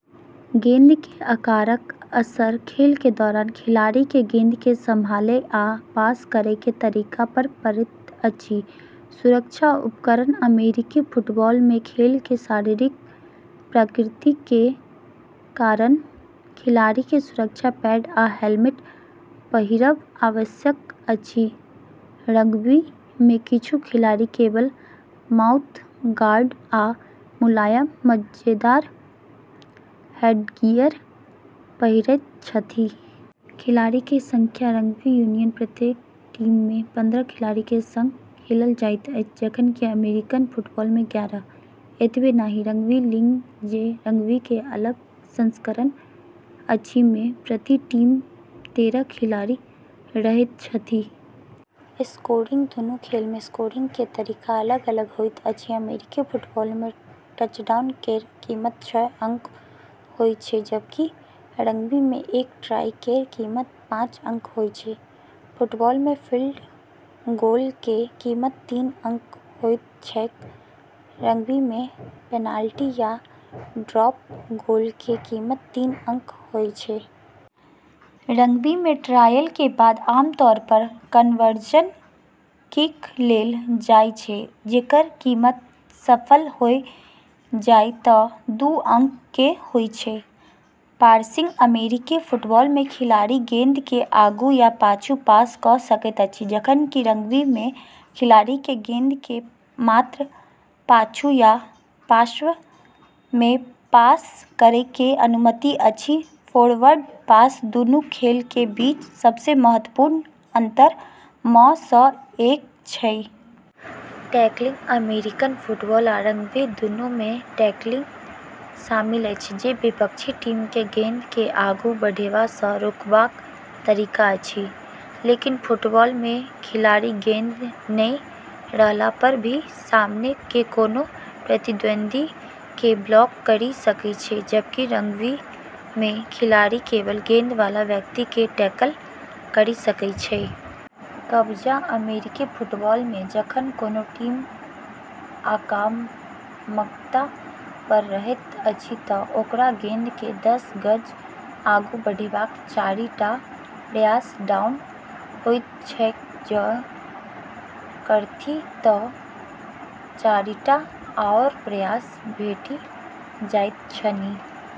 गेंद के आकारक असर खेल के दौरान खिलाड़ी के गेंद के संभालय आ पास करय के तरीका पर पड़ैत अछि। सुरक्षा उपकरण अमेरिकी फुटबॉल मे खेल के शारीरिक प्रकृति के कारण खिलाड़ी के सुरक्षा पैड आ हेलमेट पहिरब आवश्यक अछि रग्बी में किछु खिलाड़ी केवल माउथ गार्ड आ मुलायम गद्देदार हेडगियर पहिरैत छथि। खिलाड़ी के संख्या रग्बी यूनियन प्रत्येक टीम में पंद्रह खिलाड़ी के संग खेलल जाइत अछि जखन कि अमेरिकन फुटबॉल में ग्यारह। एतबे नहिं रग्बी लीग जे रग्बी के अलग संस्करण अछि में प्रति टीम तेरह खिलाड़ी रहैत छथि। स्कोरिंग दुनू खेल मे स्कोरिंग के तरीका अलग अलग होइत अछि अमेरिकी फुटबॉल में टचडाउन केरऽ कीमत छह अंक होय छै जबकि रग्बी में एक ट्राय केरऽ कीमत पाँच अंक होय छै। फुटबॉल में फील्ड गोल के कीमत तीन अंक होइत छैक रग्बी में पेनाल्टी या ड्रॉप गोल के कीमत तीन अंक होय छै। रग्बी में ट्रायल के बाद आमतौर पर कन्वर्जन किक लेलऽ जाय छै जेकरऽ कीमत सफल होय जाय तऽ दू अंक के होय छै। पासिंग अमेरिकी फुटबॉल में खिलाड़ी गेंद के आगू या पाछू पास क सकैत अछि जखन कि रग्बी में खिलाड़ी के गेंद के मात्र पाछू या पार्श्व में पास करय के अनुमति अछि फोरवर्ड पास दूनू खेलऽ के बीच सबसें महत्वपूर्ण अंतर मऽ सऽ एक छै। टैकलिंग अमेरिकन फुटबॉल आ रग्बी दुनू मे टैकलिंग शामिल अछि जे विपक्षी टीम के गेंद के आगू बढ़ेबा स रोकबाक तरीका अछि। लेकिन फुटबॉल में खिलाड़ी गेंद नै रहला पर भी सामने के कोनो प्रतिद्वंदी के ब्लॉक करी सकै छै जबकि रग्बी में खिलाड़ी केवल गेंद वाला व्यक्ति के टैकल करी सकै छै। कब्जा अमेरिकी फुटबॉल में जखन कोनो टीम आक्रामकता पर रहैत अछि त ओकरा गेंद के दस गज आगू बढ़ेबाक चारि टा प्रयास डाउन होइत छैक जँ करथि तँ चारिटा आओर प्रयास भेटि जाइत छनि।